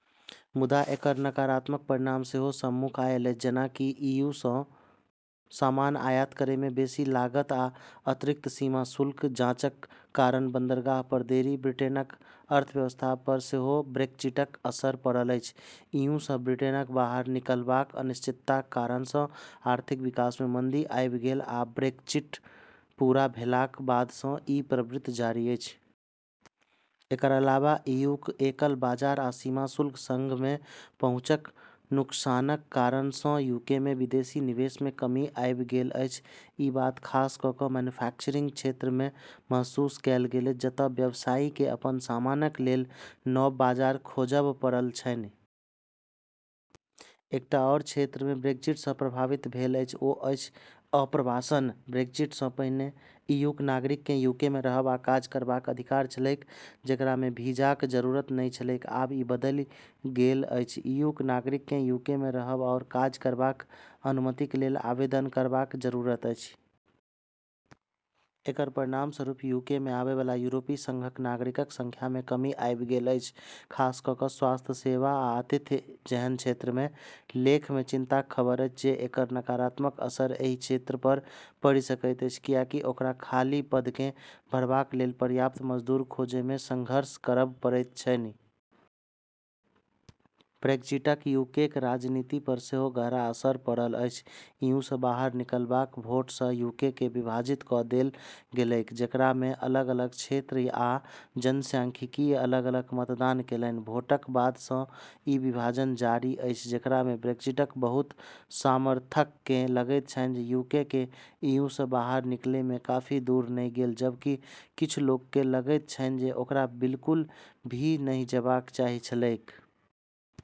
मुदा एकर नकारात्मक परिणाम सेहो सम्मुख आयल अछि, जेना कि ईयूसँ सामान आयात करैमे बेसी लागत आ अतिरिक्त सीमा शुल्क जाँचक कारण बन्दरगाहपर देरी। ब्रिटेनक अर्थव्यवस्थापर सेहो ब्रेक्जिटक असर पड़ल अछि। ईयूसँ ब्रिटेनक बाहर निकलबाक अनिश्चितताक कारणसँ आर्थिक विकासमे मन्दी आबि गेल, आ ब्रेक्जिट पूरा भेलाक बादसँ ई प्रवृत्ति जारी अछि। एकर अलावा ईयूक एकल बाजार आ सीमा शुल्क सङ्घमे पहुँचक नुकसानक कारणसँ यूकेमे विदेशी निवेशमे कमी आबि गेल अछि। ई बात खास कऽ कऽ म्यानुफ्याक्चरिङ्ग क्षेत्रमे महसूस कएल गेल अछि, जतय व्यवसायीकेँ अपन सामानक लेल नव बाजार खोजब पड़ल छनि। एकटा आओर क्षेत्र जे ब्रेक्जिटसँ प्रभावित भेल अछि ओ अछि आप्रवासन। ब्रेक्जिटसँ पहिने ईयूक नागरिककेँ यूकेमे रहब आ काज करबाक अधिकार छलैक, जेकरामे भीजाक जरूरत नहि छलैक। आब ई बदलि गेल अछि, ईयूक नागरिककेँ यूकेमे रहब आओर काज करबाक अनुमतिक लेल आवेदन करबाक जरूरत अछि। एकर परिणामस्वरूप यूकेमे आबै वाला यूरोपीय सङ्घक नागरिकक सङ्ख्यामे कमी आबि गेल अछि, खास कऽ कऽ स्वास्थ्य सेवा आ आतिथ्य जेहन क्षेत्रमे। लेखमे चिन्ताक खबर अछि जे एकर नकारात्मक असर एहि क्षेत्रपर पड़ि सकैत अछि, किएकि ओकरा खाली पदकेँ भरबाक लेल पर्याप्त मजदूर खोजैमे सङ्घर्ष करब पड़ैत छनि। ब्रेक्जिटक यूकेक राजनीतिपर सेहो गहरा असर पड़ल अछि। ईयूसँ बाहर निकलबाक भोटसँ यूकेकेँ विभाजित कऽ देल गेलैक, जेकरामे अलग-अलग क्षेत्र आ जनसाङ्ख्यिकीय अलग-अलग मतदान केलनि। भोटक बादसँ ई विभाजन जारी अछि, जेकरामे ब्रेक्जिटक बहुत समर्थककेँ लगैत छनि जे यूकेकेँ ईयूसँ बाहर निकलैमे काफी दूर नहि गेल, जबकि किछु लोककेँ लगैत छनि जे ओकरा बिल्कुल भी नहि जेबाक चाही छलैक।